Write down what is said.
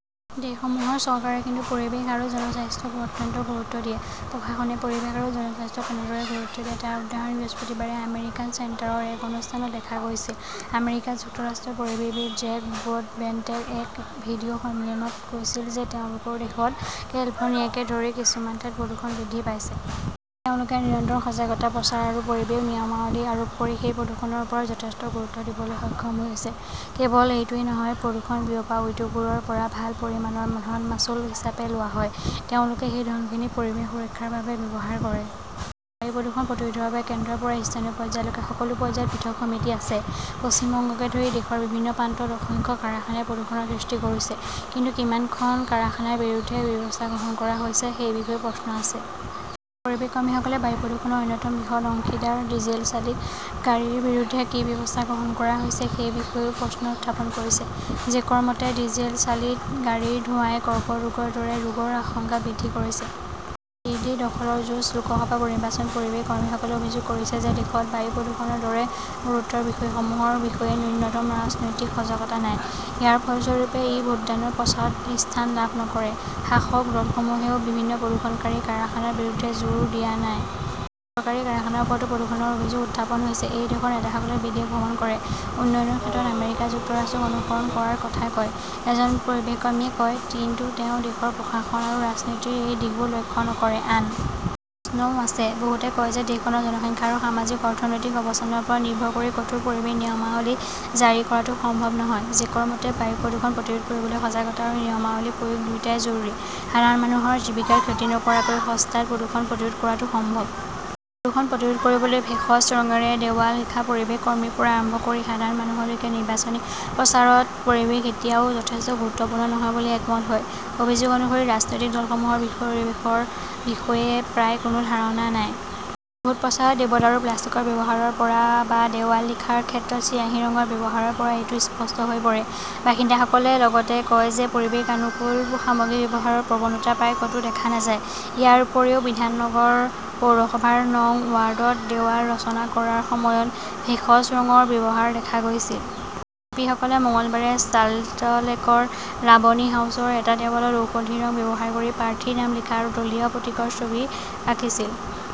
দেশসমূহৰ চৰকাৰে কিন্তু পৰিৱেশ আৰু জনস্বাস্থ্যক অত্যন্ত গুৰুত্ব দিয়ে। প্ৰশাসনে পৰিৱেশ আৰু জনস্বাস্থ্যক কেনেদৰে গুৰুত্ব দিয়ে তাৰ উদাহৰণ বৃহস্পতিবাৰে আমেৰিকান চেণ্টাৰৰ এক অনুষ্ঠানত দেখা গৈছিল। আমেৰিকা যুক্তৰাষ্ট্ৰৰ পৰিৱেশবিদ জেক ব্ৰডবেণ্টে এক ভিডিঅ সন্মিলনত কৈছিল যে তেওঁলোকৰ দেশত কেলফৰ্ণিয়াকে ধৰি কিছুমান ঠাইত প্ৰদূষণ বৃদ্ধি পাইছে। তেওঁলোকে নিৰন্তৰ সজাগতা প্ৰচাৰ আৰু পৰিৱেশ নিয়মাৱলী আৰোপ কৰি সেই প্ৰদূষণৰ ওপৰত যথেষ্ট গুৰুত্ব দিবলৈ সক্ষম হৈছে। কেৱল এইটোৱেই নহয়, প্ৰদূষণ বিয়পোৱা উদ্যোগবোৰৰ পৰা ভাল পৰিমাণৰ ধন মাচুল হিচাপে লোৱা হয়। তেওঁলোকে সেই ধনখিনি পৰিৱেশ সুৰক্ষাৰ বাবে ব্যৱহাৰ কৰে। বায়ু প্ৰদূষণ প্ৰতিৰোধৰ বাবে কেন্দ্ৰৰ পৰা স্থানীয় পৰ্যায়লৈকে সকলো পৰ্যায়ত পৃথক সমিতি আছে। পশ্চিম বংগকে ধৰি দেশৰ বিভিন্ন প্ৰান্তত অসংখ্য কাৰখানাই প্ৰদূষণৰ সৃষ্টি কৰিছে। কিন্তু কিমান খন কাৰখানাৰ বিৰুদ্ধে ব্যৱস্থা গ্ৰহণ কৰা হৈছে সেই বিষয়ে প্ৰশ্ন আছে। পৰিৱেশ কৰ্মীসকলে বায়ু প্ৰদূষণৰ অন্যতম বৃহৎ অংশীদাৰ ডিজেল চালিত গাড়ীৰ বিৰুদ্ধে কি ব্যৱস্থা গ্ৰহণ কৰা হৈছে সেই বিষয়েও প্ৰশ্ন উত্থাপন কৰিছে। জেকৰ মতে, ডিজেল চালিত গাড়ীৰ ধোঁৱাই কৰ্কট ৰোগৰ দৰে ৰোগৰ আশংকা বৃদ্ধি কৰিছে। দিল্লী দখলৰ যুঁজ, লোকসভা নিৰ্বাচন পৰিৱেশ কৰ্মীসকলে অভিযোগ কৰিছে যে দেশত বায়ু প্ৰদূষণৰ দৰে গুৰুতৰ বিষয়সমূহৰ বিষয়ে ন্যূনতম ৰাজনৈতিক সজাগতা নাই। ইয়াৰ ফলস্বৰূপে ই ভোটদানৰ প্ৰচাৰত স্থান লাভ নকৰে। শাসক দলসমূহেও বিভিন্ন প্ৰদূষণকাৰী কাৰখানাৰ বিৰুদ্ধে জোৰ দিয়া নাই। চৰকাৰী কাৰখানাৰ ওপৰতো প্ৰদূষণৰ অভিযোগ উত্থাপন হৈছে। এই দেশৰ নেতাসকলে বিদেশ ভ্ৰমণ কৰে, উন্নয়নৰ ক্ষেত্ৰত আমেৰিকা যুক্তৰাষ্ট্ৰক অনুসৰণ কৰাৰ কথা কয়, এজন পৰিৱেশ কৰ্মীয়ে কয়। কিন্তু তেওঁ দেশৰ প্ৰশাসন আৰু ৰাজনীতিৰ এই দিশবোৰ লক্ষ্য নকৰে। আন প্ৰশ্নও আছে। বহুতে কয় যে দেশখনৰ জনসংখ্যা আৰু সামাজিক-অৰ্থনৈতিক অৱস্থানৰ ওপৰত নিৰ্ভৰ কৰি কঠোৰ পৰিৱেশ নিয়মাৱলী জাৰি কৰাটো সম্ভৱ নহয়। জেকৰ মতে, বায়ু প্ৰদূষণ প্ৰতিৰোধ কৰিবলৈ সজাগতা আৰু নিয়মাৱলী প্ৰয়োগ দুয়োটাই জৰুৰী। সাধাৰণ মানুহৰ জীৱিকাৰ ক্ষতি নকৰাকৈ সস্তাত প্ৰদূষণ প্ৰতিৰোধ কৰাটো সম্ভৱ। প্ৰদূষণ প্ৰতিৰোধ কৰিবলৈ ভেষজ ৰঙেৰে দেৱাল লিখা পৰিৱেশ কৰ্মীৰ পৰা আৰম্ভ কৰি সাধাৰণ মানুহলৈকে নিৰ্বাচনী প্ৰচাৰত পৰিৱেশ এতিয়াও যথেষ্ট গুৰুত্বপূৰ্ণ নহয় বুলি একমত হয়। অভিযোগ অনুসৰি ৰাজনৈতিক দলসমূহৰ পৰিৱেশৰ বিষয়ে প্ৰায় কোনো ধাৰণা নাই। ভোট প্ৰচাৰত দেৱদাৰুৰ প্লাষ্টিকৰ ব্যৱহাৰৰ পৰা বা দেৱাল লিখাৰ ক্ষেত্ৰত চিয়াঁহী ৰঙৰ ব্যৱহাৰৰ পৰা এইটো স্পষ্ট হৈ পৰে। বাসিন্দাসকলে লগতে কয় যে পৰিৱেশ অনুকূল সামগ্ৰী ব্যৱহাৰৰ প্ৰৱণতা প্ৰায় কতো দেখা নাযায়। ইয়াৰ উপৰিও বিধাননগৰ পৌৰসভাৰ নং ৱাৰ্ডত দেৱাল ৰচনা কৰাৰ সময়ত ভেষজ ৰঙৰ ব্যৱহাৰ দেখা গৈছিল। শিল্পীসকলে মঙলবাৰে চাল্টলেকৰ লাবনী হাউচৰ এটা দেৱালত ঔষধি ৰং ব্যৱহাৰ কৰি প্ৰাৰ্থীৰ নাম লিখা আৰু দলীয় প্ৰতীকৰ ছবি আকিছিল।